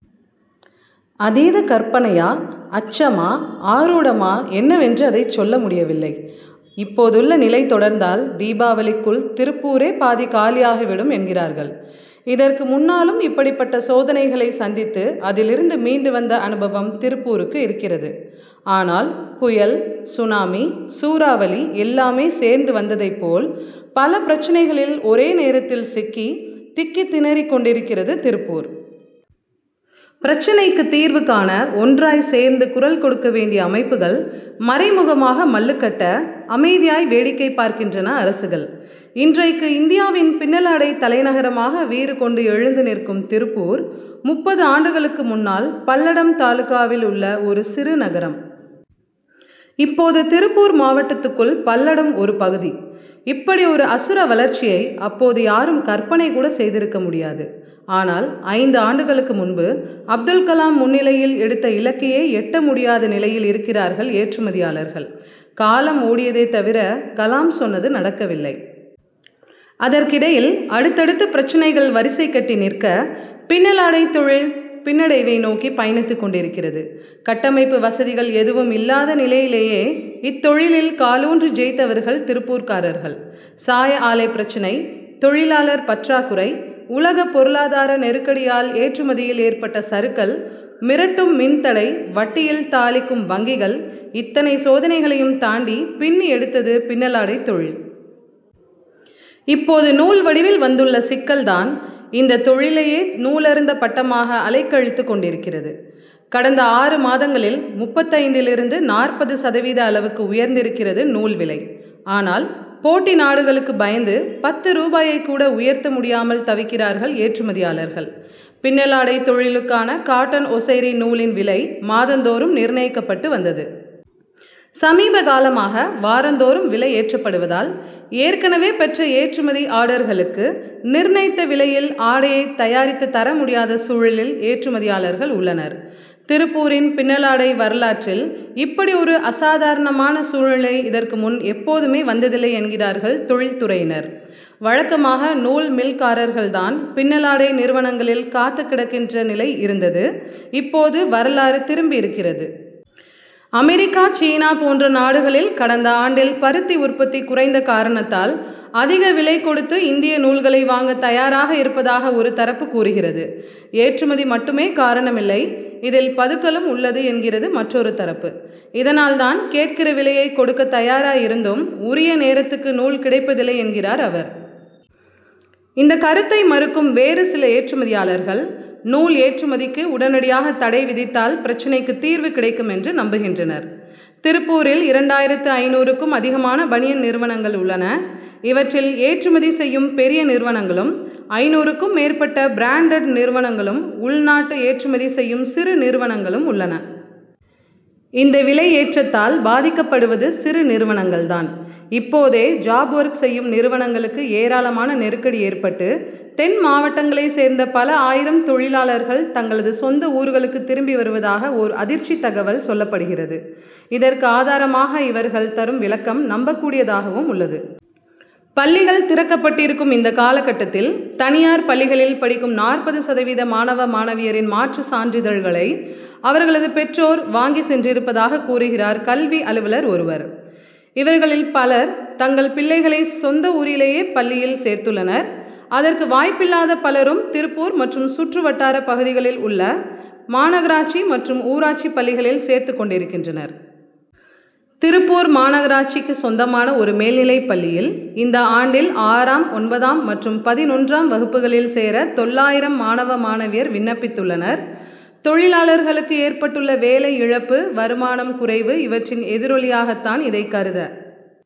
அதீத கற்பனையா, அச்சமா, ஆரூடமா என்னவென்று அதைச் சொல்ல முடிய வில்லை; இப்போதுள்ள நிலை தொடர்ந்தால், தீபாவளிக்குள் திருப்பூரே பாதி காலியாகி விடும் என்கிறார்கள். இதற்கு முன்னாலும் இப்படிப்பட்ட சோதனைகளை சந்தித்து, அதிலிருந்து மீண்டு வந்த அனுபவம், திருப்பூருக்கு இருக்கிறது. ஆனால், புயல், சுனாமி, சூறாவளி எல்லாமே சேர்ந்து வந்ததைப் போல், பல பிரச்னைகளில் ஒரே நேரத்தில் சிக்கி, திக்கித்திணறிக் கொண்டிருக்கிறது திருப்பூர். பிரச்னைக்கு தீர்வு காண, ஒன்றாய்ச் சேர்ந்து குரல் கொடுக்க வேண்டிய அமைப்புகள், மறைமுகமாக மல்லுக்கட்ட, அமைதியாய் வேடிக்கை பார்க்கின்றன அரசுகள். இன் றைக்கு இந்தியாவின் பின்னலாடைத் தலைநகராக வீறு கொண்டு எழுந்து நிற்கும் திருப்பூர், முப்பது ஆண்டுகளுக்கு முன்னால் பல்லடம் தாலுகாவில் உள்ள ஒரு சிறு நகரம். இப்போது திருப்பூர் மாவட்டத்துக்குள் பல்லடம் ஒரு பகுதி. இப்படியொரு அசுர வளர்ச்சியை, அப்போது யாரும் கற்பனை கூட செய்திருக்க முடியாது. ஆனால், ஐந்து ஆண்டுகளுக்கு முன்பு, அப்துல் கலாம் முன்னிலையில் எடுத்த இலக்கையே எட்ட முடியாத நிலையில் இருக்கிறார்கள் ஏற்றுமதியாளர்கள். காலம் ஓடியதே தவிர, கலாம் சொன்னது நடக்கவில்லை. அதற்கிடையில், அடுத்தடுத்து பிரச்னைகள் வரிசை கட்டி நிற்க, பின்னலாடைத் தொழில் பின்னடைவை நோக்கி பயணித்துக் கொண்டிருக்கிறது. கட்டமைப்பு வசதிகள் எதுவும் இல்லாத நிலையிலேயே, இத்தொழிலில் காலூன்றி ஜெயித்தவர்கள் திருப்பூர்காரர்கள். சாய ஆலைப் பிரச்னை, தொழிலாளர் பற்றாக்குறை, உலக பொருளாதார நெருக்கடியால் ஏற்றுமதியில் ஏற்பட்ட சறுக்கல், மிரட்டும் மின் தடை, வட்டியில் தாளிக்கும் வங்கிகள்இத்தனை சோதனைகளையும் தாண்டி, பின்னி எடுத்தது பின்னலாடைத் தொழில். இப்போது நூல் வடிவில் வந்துள்ள சிக்கல்தான், இந்த தொழிலையே நூலறுந்த பட்டமாக அலைக்கழித்துக் கொண்டிருக்கிறது. கடந்த ஆறு மாதங்களில் முப்பத்தைந்திலிருந்து நாற்பது சதவீத அளவுக்கு உயர்ந்திருக்கிறது நூல் விலை. ஆனால், போட்டி நாடுகளுக்குப் பயந்து, பத்து ரூபாயைக் கூட உயர்த்த முடியாமல் தவிக்கிறார்கள் ஏற்றுமதியாளர்கள். பின்னலாடைத் தொழிலுக்கான காட்டன் ஒசைரி நூலின் விலை, மாதந்தோறும் நிர்ணயிக்கப்பட்டு வந்தது. சமீபகாலமாக, வாரந்தோறும் விலை ஏற்றப்படுவதால், ஏற்கனவே பெற்ற ஏற்றுமதி ஆர்டர்களுக்கு, நிர்ணயித்த விலையில், ஆடையைத் தயாரித்துத் தர முடியாத சூழலில் ஏற்றுமதியாளர்கள் உள்ளனர். திருப்பூரின் பின்னலாடை வரலாற்றில், இப்படியொரு அசாதாரணமான சூழ்நிலை, இதற்கு முன் எப்போதுமே வந்ததில்லை என்கிறார்கள் தொழில்துறையினர். வழக்கமாக, நூல் மில்காரர்கள்தான், பின்னலாடை நிறுவனங்களில் காத்துக் கிடக்கின்ற நிலை இருந்தது; இப்போது வரலாறு திரும்பியிருக்கிறது. அமெரிக்கா, சீனா போன்ற நாடுகளில், கடந்த ஆண்டில் பருத்தி உற்பத்தி குறைந்த காரணத்தால், அதிக விலை கொடுத்து இந்திய நூல்களை வாங்கத் தயாராக இருப்பதாக ஒரு தரப்பு கூறுகிறது. ஏற்றுமதி மட்டுமே காரணமில்லை, இதில் பதுக்கலும் உள்ளது என்கிறது மற்றொரு தரப்பு. இதனால்தான், கேட்கிற விலையைக் கொடுக்கத் தயாராயிருந்தும் உரிய நேரத்துக்கு நூல் கிடைப்பதில்லை என்கிறார் அவர். இந்த கருத்தை மறுக்கும் வேறு சில ஏற்றுமதியாளர்கள், நூல் ஏற்றுமதிக்கு உடனடியாகத் தடை விதித்தால், பிரச்னைக்கு தீர்வு கிடைக்குமென்று நம்புகின்றனர். திருப்பூரில் இரண்டாயிரத்து ஐந்நூறுக்கும் அதிகமான பனியன் நிறுவனங்கள் உள்ளன. இவற்றில், ஏற்றுமதி செய்யும் பெரிய நிறுவனங்களும், ஐந்நூறுக்கும் மேற்பட்ட பிராண்டடு நிறுவனங்களும், உள்நாட்டு ஏற்றுமதி செய்யும் சிறு நிறுவனங்களும் உள்ளன. இந்த விலையேற்றத்தால், பாதிக்கப்படுவது சிறு நிறுவனங்கள்தான். இப்போதே ஜாப் ஒர்க் செய்யும் நிறுவனங்களுக்கு ஏராளமான நெருக்கடி ஏற்பட்டு, தென் மாவட்டங்களைச் சேர்ந்த பல ஆயிரம் தொழிலாளர்கள், தங்களது சொந்த ஊர்களுக்குத் திரும்பி வருவதாக ஓர் அதிர்ச்சித் தகவல் சொல்லப்படுகிறது. இதற்கு ஆதாரமாக இவர்கள் தரும் விளக்கம், நம்பக் கூடியதாகவும் உள்ளது. பள்ளிகள் திறக்கப்பட்டிருக்கும் இந்த காலகட்டத்தில், தனியார் பள்ளிகளில் படிக்கும் நாற்பது சதவீத மாணவ, மாணவியரின் மாற்று சான்றிதழ்களை அவர்களது பெற்றோர் வாங்கிச் சென்றிருப்பதாகக் கூறுகிறார் கல்வி அலுவலர் ஒருவர். இவர்களில் பலர், தங்கள் பிள்ளைகளை சொந்த ஊரிலேயே பள்ளியில் சேர்த்துள்ளனர். அதற்கு வாய்ப்பில்லாத பலரும், திருப்பூர் மற்றும் சுற்று வட்டாரப் பகுதிகளில் உள்ள மாநகராட்சி மற்றும் ஊராட்சிப் பள்ளிகளில் சேர்த்துக் கொண்டிருக்கின்றனர். திருப்பூர் மாநகராட்சிக்குச் சொந்தமான ஒரு மேல்நிலைப்பள்ளியில், இந்த ஆண்டில் ஆறாம், ஒன்பதாம் மற்றும் பதினொன்றாம் வகுப்புகளில் சேர தொள்ளாயிரம் மாணவ, மாணவியர் விண்ணப்பித்துள்ளனர். தொழிலாளர்களுக்கு ஏற்பட்டுள்ள வேலை இழப்பு, வருமானம் குறைவு இவற்றின் எதிரொலியாகத்தான் இதைக் கருத